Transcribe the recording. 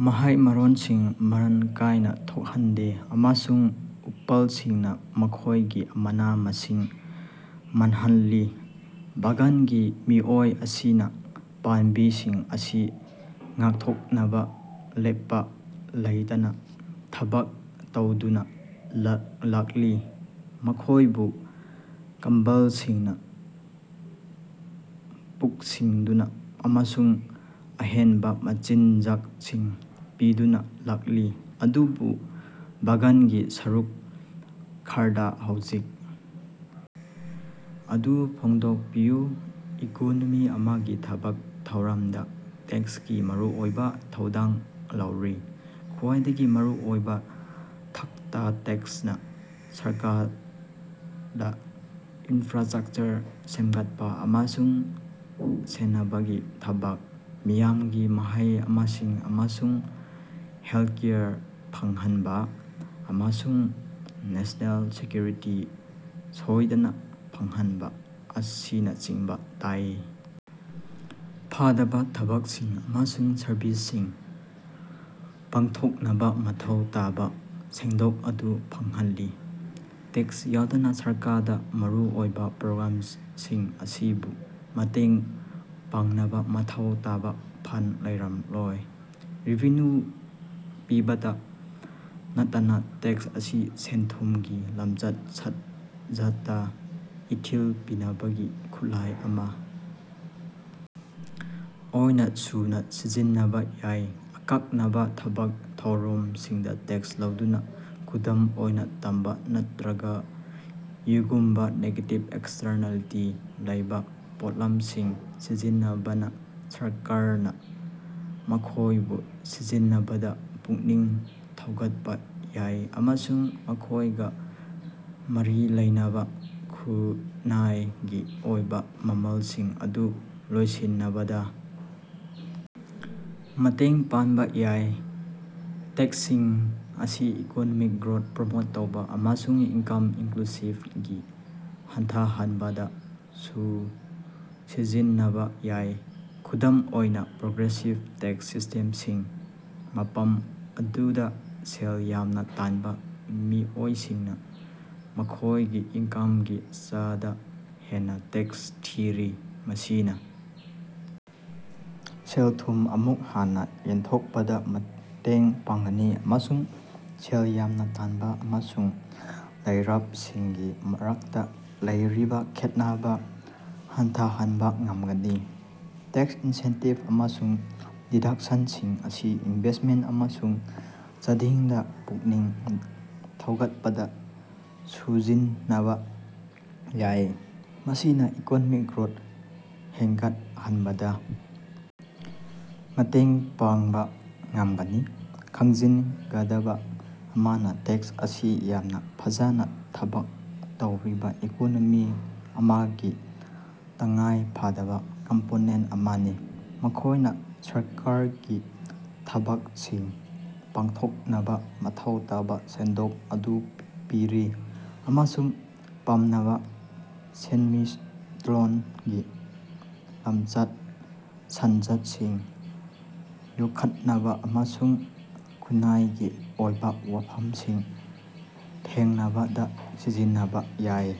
ꯃꯍꯩ-ꯃꯔꯣꯡꯁꯤꯡ ꯃꯔꯥꯡ ꯀꯥꯏꯅꯥ ꯊꯣꯛꯍꯟꯗꯦ ꯑꯃꯁꯨꯡ ꯎꯄꯥꯜꯁꯤꯡꯅꯥ ꯃꯈꯣꯏꯒꯤ ꯃꯅꯥ-ꯃꯁꯤꯡ ꯃꯥꯡꯍꯜꯂꯤ꯫ ꯕꯥꯒꯥꯟꯒꯤ ꯃꯤꯑꯣꯏ ꯑꯁꯤꯅꯥ ꯄꯥꯝꯕꯤꯁꯤꯡ ꯑꯁꯤ ꯉꯥꯛꯊꯣꯛꯅꯕꯥ ꯂꯦꯞꯄꯥ ꯂꯩꯇꯅꯥ ꯊꯕꯛ ꯇꯧꯗꯨꯅꯥ ꯂꯥꯛꯂꯤ, ꯃꯈꯣꯏꯕꯨ ꯀꯝꯕꯜꯁꯤꯡꯅꯥ ꯀꯨꯄꯁꯤꯟꯗꯨꯅꯥ ꯑꯃꯁꯨꯡ ꯑꯍꯦꯟꯕꯥ ꯃꯆꯤꯟꯖꯥꯛꯁꯤꯡ ꯄꯤꯗꯨꯅꯥ ꯂꯥꯛꯂꯤ, ꯑꯗꯨꯕꯨ ꯕꯥꯒꯥꯟꯒꯤ ꯁꯔꯨꯛ ꯈꯔꯗꯥ ꯍꯧꯖꯤꯛ ꯑꯗꯨ ꯐꯣꯡꯗꯣꯛꯄꯤꯌꯨ꯫ ꯏꯀꯣꯅꯣꯃꯤ ꯑꯃꯒꯤ ꯊꯕꯛ ꯊꯧꯔꯝꯗꯥ ꯇꯦꯛꯁꯀꯤ ꯃꯔꯨꯑꯣꯏꯕꯥ ꯊꯧꯗꯥꯡ ꯂꯧꯔꯤ꯫ ꯈ꯭ꯋꯥꯏꯗꯒꯤ ꯃꯔꯨ ꯑꯣꯏꯕꯥ ꯊꯥꯛꯇꯥ ꯇꯦꯛꯁꯅꯥ ꯁꯔꯀꯥꯔꯗꯥ ꯏꯟꯐ꯭ꯔꯥꯁꯇ꯭ꯔꯛꯆꯔ ꯁꯦꯝꯒꯠꯄꯥ ꯑꯃꯁꯨꯡ ꯁꯦꯟꯅꯕꯒꯤ ꯊꯕꯛ, ꯃꯤꯌꯥꯝꯒꯤ ꯃꯍꯩ-ꯃꯁꯤꯡ ꯑꯃꯁꯨꯡ ꯍꯦꯜꯀꯦꯌꯔ ꯐꯪꯍꯟꯕꯥ, ꯑꯃꯁꯨꯡ ꯅꯦꯁꯅꯦꯜ ꯁꯦꯀ꯭ꯌꯨꯔꯤꯇꯤ ꯁꯣꯏꯗꯅꯥ ꯐꯪꯍꯟꯕꯥ ꯑꯁꯤꯅꯆꯤꯡꯕꯥ ꯇꯉꯥꯏ ꯐꯗꯕꯥ ꯊꯕꯛꯁꯤꯡ ꯑꯃꯁꯨꯡ ꯁꯔꯕꯤꯁꯁꯤꯡ ꯄꯥꯡꯊꯣꯛꯅꯕꯥ ꯃꯊꯧ ꯇꯥꯕꯥ ꯁꯦꯟꯊꯣꯛ ꯑꯗꯨ ꯐꯪꯍꯜꯂꯤ꯫ ꯇꯦꯛꯁ ꯌꯥꯎꯗꯅꯥ ꯁꯔꯀꯥꯔꯗꯥ ꯃꯔꯨꯑꯣꯏꯕꯥ ꯄ꯭ꯔꯣꯒ꯭ꯔꯥꯝꯁꯤꯡ ꯑꯁꯤꯕꯨ ꯃꯇꯦꯡ ꯄꯥꯡꯅꯕꯥ ꯃꯊꯧ ꯇꯥꯕꯥ ꯐꯟꯗ ꯂꯩꯔꯝꯂꯣꯏ꯫ ꯔꯦꯚꯤꯅ꯭ꯌꯨ ꯄꯤꯕꯇꯥ ꯅꯠꯇꯅꯥ ꯇꯦꯛꯁ ꯑꯁꯤ ꯁꯦꯟ-ꯊꯨꯝꯒꯤ ꯂꯝꯆꯠ-ꯁꯥꯖꯠꯇꯥ ꯏꯊꯤꯜ ꯄꯤꯅꯕꯒꯤ ꯈꯨꯠꯂꯥꯏ ꯑꯃꯥ ꯑꯣꯏꯅꯥꯁꯨ ꯁꯤꯖꯤꯟꯅꯕꯥ ꯌꯥꯏ꯫ ꯑꯀꯛꯅꯕꯥ ꯊꯕꯛ ꯊꯧꯔꯝꯁꯤꯡꯗꯥ ꯇꯦꯛꯁ ꯂꯧꯗꯨꯅꯥ, ꯈꯨꯗꯝ ꯑꯣꯏꯅꯥ ꯇꯝꯕꯥ ꯅꯠꯇ꯭ꯔꯒꯥ ꯌꯨꯒꯨꯝꯕꯥ ꯅꯦꯒꯦꯇꯤꯕ ꯑꯦꯛꯁꯇꯔꯅꯦꯂꯤꯇꯤ ꯂꯩꯕꯥ ꯄꯣꯠꯂꯝꯁꯤꯡ ꯁꯤꯖꯤꯟꯅꯕꯅꯥ ꯁꯔꯀꯥꯔꯅꯥ ꯃꯈꯣꯏꯕꯨ ꯁꯤꯖꯤꯟꯅꯕꯗꯥ ꯄꯨꯛꯅꯤꯡ ꯊꯧꯒꯠꯄꯥ ꯌꯥꯏ ꯑꯃꯁꯨꯡ ꯃꯈꯣꯏꯒꯥ ꯃꯔꯤ ꯂꯩꯅꯕꯥ ꯈꯨꯟꯅꯥꯏꯒꯤ ꯑꯣꯏꯕꯥ ꯃꯃꯜꯁꯤꯡ ꯑꯗꯨ ꯂꯣꯏꯁꯤꯟꯕꯗꯥ ꯃꯇꯦꯡ ꯄꯥꯡꯕꯥ ꯌꯥꯏ꯫ ꯇꯦꯛꯁꯁꯤꯡ ꯑꯁꯤ ꯏꯀꯣꯅꯣꯃꯤꯛ ꯒ꯭ꯔꯣꯠ ꯄ꯭ꯔꯃꯣꯠ ꯇꯧꯕꯥ ꯑꯃꯁꯨꯡ ꯏꯟꯀꯝ ꯏꯟꯀ꯭ꯂꯨꯁꯤꯕꯇꯤ ꯍꯟꯊꯍꯟꯕꯗꯁꯨ ꯁꯤꯖꯤꯟꯅꯕꯥ ꯌꯥꯏ꯫ ꯈꯨꯗꯝ ꯑꯣꯏꯅꯥ, ꯄ꯭ꯔꯣꯒ꯭ꯔꯦꯁꯤꯞ ꯇꯦꯛꯁ ꯁꯤꯁꯇꯦꯝꯁꯤꯡ, ꯃꯐꯝ ꯑꯗꯨꯗꯥ ꯁꯦꯜ ꯌꯥꯝꯅꯥ ꯇꯥꯟꯕꯥ ꯃꯤꯑꯣꯏꯁꯤꯡꯅꯥ ꯃꯈꯣꯏꯒꯤ ꯏꯟꯀꯃꯒꯤ ꯆꯥꯗꯥ ꯍꯦꯟꯅꯥ ꯇꯦꯛꯁ ꯊꯤꯔꯤ, ꯃꯁꯤꯅꯥ ꯁꯦꯜ-ꯊꯨꯝ ꯑꯃꯨꯛ ꯍꯟꯅꯥ ꯌꯦꯟꯊꯣꯛꯄꯗꯥ ꯃꯇꯦꯡ ꯄꯥꯡꯒꯅꯤ ꯑꯃꯁꯨꯡ ꯁꯦꯜ ꯌꯥꯝꯅꯥ ꯇꯥꯟꯕꯥ ꯑꯃꯁꯨꯡ ꯂꯥꯏꯔꯕꯁꯤꯡꯒꯤ ꯃꯔꯛꯇꯥ ꯂꯩꯔꯤꯕꯥ ꯈꯦꯠꯅꯕꯥ ꯍꯟꯊꯍꯟꯕꯥ ꯉꯝꯒꯅꯤ꯫ ꯇꯦꯛꯁ ꯏꯟꯁꯦꯟꯇꯤꯞ ꯑꯃꯁꯨꯡ ꯗꯤꯗꯛꯁꯟꯁꯤꯡ ꯑꯁꯤ ꯏꯅꯚꯦꯁꯃꯦꯟꯇ ꯑꯃꯁꯨꯡ ꯆꯥꯗꯤꯡꯗꯥ ꯄꯨꯛꯅꯤꯡ ꯊꯧꯒꯠꯄꯗꯁꯨ ꯁꯤꯖꯤꯟꯅꯕꯥ ꯌꯥꯏ, ꯃꯁꯤꯅꯥ ꯏꯀꯣꯅꯣꯃꯤꯛ ꯒ꯭ꯔꯣꯠ ꯍꯦꯟꯒꯠꯍꯟꯕꯗꯥ ꯃꯇꯦꯡ ꯄꯥꯡꯕꯥ ꯉꯝꯒꯅꯤ꯫ ꯈꯪꯖꯤꯟꯒꯗꯕꯥ ꯑꯃꯅꯥ, ꯇꯦꯛꯁ ꯑꯁꯤ ꯌꯥꯝꯅꯥ ꯐꯖꯅꯥ ꯊꯕꯛ ꯇꯧꯕꯥ ꯏꯀꯣꯅꯣꯃꯤ ꯑꯃꯒꯤ ꯇꯉꯥꯏꯐꯗꯕꯥ ꯀꯝꯄꯣꯅꯦꯟꯇ ꯑꯃꯅꯤ꯫ ꯃꯈꯣꯏꯅꯥ ꯁꯔꯀꯥꯔꯒꯤ ꯊꯕꯛꯁꯤꯡ ꯄꯥꯡꯊꯣꯛꯅꯕꯥ ꯃꯊꯧ ꯇꯥꯕꯥ ꯁꯦꯟꯊꯣꯛ ꯑꯗꯨ ꯄꯤꯔꯤ ꯑꯃꯁꯨꯡ ꯄꯥꯝꯅꯕꯥ ꯁꯦꯟꯃꯤꯠꯂꯣꯟꯒꯤ ꯂꯝꯆꯠ-ꯁꯥꯖꯠꯁꯤꯡ ꯌꯣꯛꯈꯠꯅꯕꯥ ꯑꯃꯁꯨꯡ ꯈꯨꯟꯅꯥꯏꯒꯤ ꯑꯣꯏꯕꯥ ꯋꯥꯐꯝꯁꯤꯡ ꯊꯦꯡꯅꯕꯗꯥ ꯁꯤꯖꯤꯟꯅꯕꯥ ꯌꯥꯏ꯫